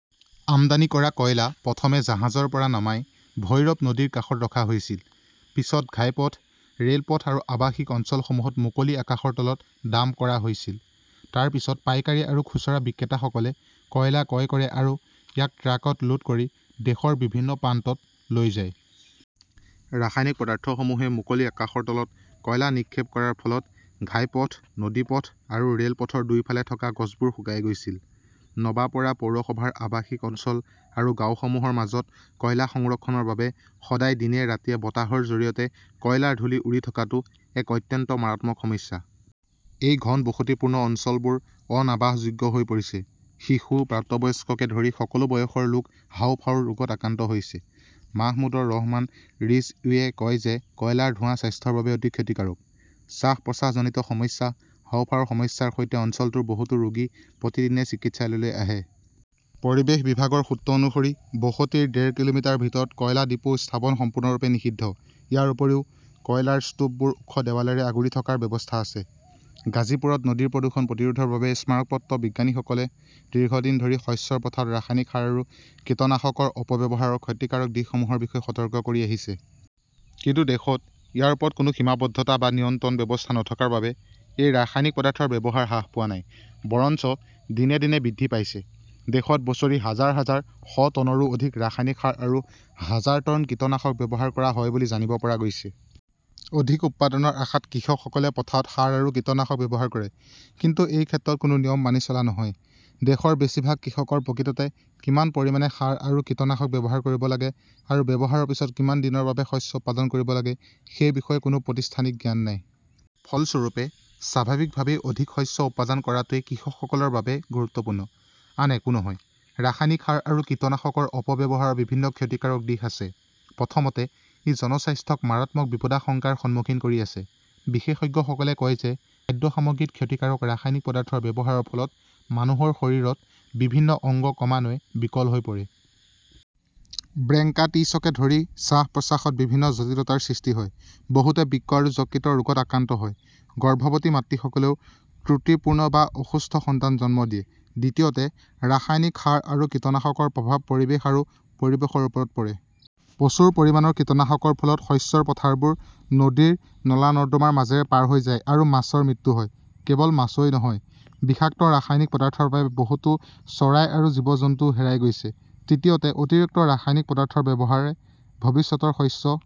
আমদানি কৰা কয়লা প্ৰথমে জাহাজৰ পৰা নামাই ভৈৰৱ নদীৰ কাষত ৰখা হৈছিল। পিছত ঘাইপথ, ৰেলপথ আৰু আৱাসিক অঞ্চলসমূহত মুকলি আকাশৰ তলত ডাম্প কৰা হৈছিল। তাৰ পিছত পাইকাৰী আৰু খুচুৰা বিক্ৰেতাসকলে কয়লা ক্ৰয় কৰে আৰু ইয়াক ট্ৰাকত ল'ড কৰি দেশৰ বিভিন্ন প্ৰান্তত লৈ যায়। ৰাসায়নিক পদাৰ্থসমূহে মুকলি আকাশৰ তলত কয়লা নিক্ষেপ কৰাৰ ফলত ঘাইপথ, নদীপথ আৰু ৰেলপথৰ দুয়োফালে থকা গছবোৰ শুকাই গৈছিল। নৱাপাৰা পৌৰসভাৰ আৱাসিক অঞ্চল আৰু গাঁওসমূহৰ মাজত কয়লা সংৰক্ষণ কৰাৰ বাবে সদায় দিনে ৰাতিয়ে বতাহৰ জৰিয়তে কয়লাৰ ধূলি উৰি থকাটো এক অত্যন্ত মাৰাত্মক সমস্যা। এই ঘনবসতিপূৰ্ণ অঞ্চলবোৰ অনাৱাসযোগ্য হৈ পৰিছে। শিশু, প্ৰাপ্তবয়স্ককে ধৰি সকলো বয়সৰ লোক হাঁওফাঁওৰ ৰোগত আক্ৰান্ত হৈছে। মাহমুদৰ ৰহমান ৰিজৱীয়ে কয় যে কয়লাৰ ধোঁৱা স্বাস্থ্যৰ বাবে অতি ক্ষতিকাৰক। শ্বাস-প্ৰশ্বাসজনিত সমস্যা, হাঁওফাঁওৰ সমস্যাৰ সৈতে অঞ্চলটোৰ বহুতো ৰোগী প্ৰতিদিনে চিকিৎসালয়লৈ আহে। পৰিৱেশ বিভাগৰ সূত্ৰ অনুসৰি, বসতিৰ ডেৰ কিলোমিটাৰৰ ভিতৰত কয়লা ডিপো স্থাপন সম্পূৰ্ণৰূপে নিষিদ্ধ। ইয়াৰ উপৰিও, কয়লাৰ স্তূপবোৰ ওখ দেৱালেৰে আগুৰি থকাৰ ব্যৱস্থা আছে। গাজীপুৰত নদীৰ প্ৰদূষণ প্ৰতিৰোধৰ বাবে স্মাৰক পত্ৰ বিজ্ঞানীসকলে দীৰ্ঘদিন ধৰি শস্যৰ পথাৰত ৰাসায়নিক সাৰ আৰু কীটনাশকৰ অপব্যৱহাৰৰ ক্ষতিকাৰক দিশসমূহৰ বিষয়ে সতৰ্ক কৰি আহিছে। কিন্তু দেশত ইয়াৰ ওপৰত কোনো সীমাবদ্ধতা বা নিয়ন্ত্ৰণ ব্যৱস্থা নথকাৰ বাবে এই ৰাসায়নিক পদাৰ্থৰ ব্যৱহাৰ হ্ৰাস হোৱা নাই, বৰঞ্চ দিনে দিনে বৃদ্ধি পাইছে। দেশত বছৰি হাজাৰ হাজাৰ ষটনৰো অধিক ৰাসায়নিক সাৰ আৰু হাজাৰ টন কীটনাশক ব্যৱহাৰ কৰা হয় বুলি জানিব পৰা গৈছে। অধিক উৎপাদনৰ আশাত কৃষকসকলে পথাৰত সাৰ আৰু কীটনাশক ব্যৱহাৰ কৰে। কিন্তু এই ক্ষেত্ৰত কোনো নিয়ম মানি চলা নহয়। দেশৰ বেছিভাগ কৃষকৰ প্ৰকৃততে কিমান পৰিমাণে সাৰ আৰু কীটনাশক ব্যৱহাৰ কৰিব লাগে আৰু ব্যৱহাৰৰ পিছত কিমান দিনৰ বাবে শস্য উৎপাদন কৰিব লাগে সেই বিষয়ে কোনো প্ৰতিষ্ঠানিক জ্ঞান নাই। ফলস্বৰূপে, স্বাভাৱিকভাৱেই অধিক শস্য উৎপাদন কৰাটোৱেই কৃষকসকলৰ বাবে গুৰুত্বপূৰ্ণ, আন একো নহয়। ৰাসায়নিক সাৰ আৰু কীটনাশকৰ অপব্যৱহাৰৰ বিভিন্ন ক্ষতিকাৰক দিশ আছে। প্ৰথমতে, ই জনস্বাস্থ্যক মাৰাত্মক বিপদাশংকাৰ সন্মুখীন কৰি আছে। বিশেষজ্ঞসকলে কয় যে খাদ্য সামগ্ৰীত ক্ষতিকাৰক ৰাসায়নিক পদাৰ্থৰ ব্যৱহাৰৰ ফলত মানুহৰ শৰীৰত বিভিন্ন অংগ ক্ৰমান্বয়ে বিকল হৈ পৰে। ব্ৰংকাইটিছকে ধৰি শ্বাস-প্ৰশ্বাসত বিভিন্ন জটিলতাৰ সৃষ্টি হয়। বহুতে বৃক্ক আৰু যকৃতৰ ৰোগত আক্ৰান্ত হয়। গৰ্ভৱতী মাতৃসকলেও ত্ৰুটিপূৰ্ণ বা অসুস্থ সন্তান জন্ম দিয়ে। দ্বিতীয়তে, ৰাসায়নিক সাৰ আৰু কীটনাশকৰ প্ৰভাৱ পৰিৱেশ আৰু পৰিৱেশৰ ওপৰত পৰে। প্ৰচুৰ পৰিমাণৰ কীটনাশকৰ ফলত শস্যৰ পথাৰবোৰ নদীৰ নলা-নৰ্দমাৰ মাজেৰে পাৰ হৈ যায় আৰু মাছৰ মৃত্যু হয়। কেৱল মাছই নহয়, বিষাক্ত ৰাসায়নিক পদাৰ্থৰ বাবে বহুতো চৰাই আৰু জীৱ-জন্তুও হেৰাই গৈছে। তৃতীয়তে, অতিৰিক্ত ৰাসায়নিক পদাৰ্থৰ ব্যৱহাৰে ভৱিষ্যতৰ শস্য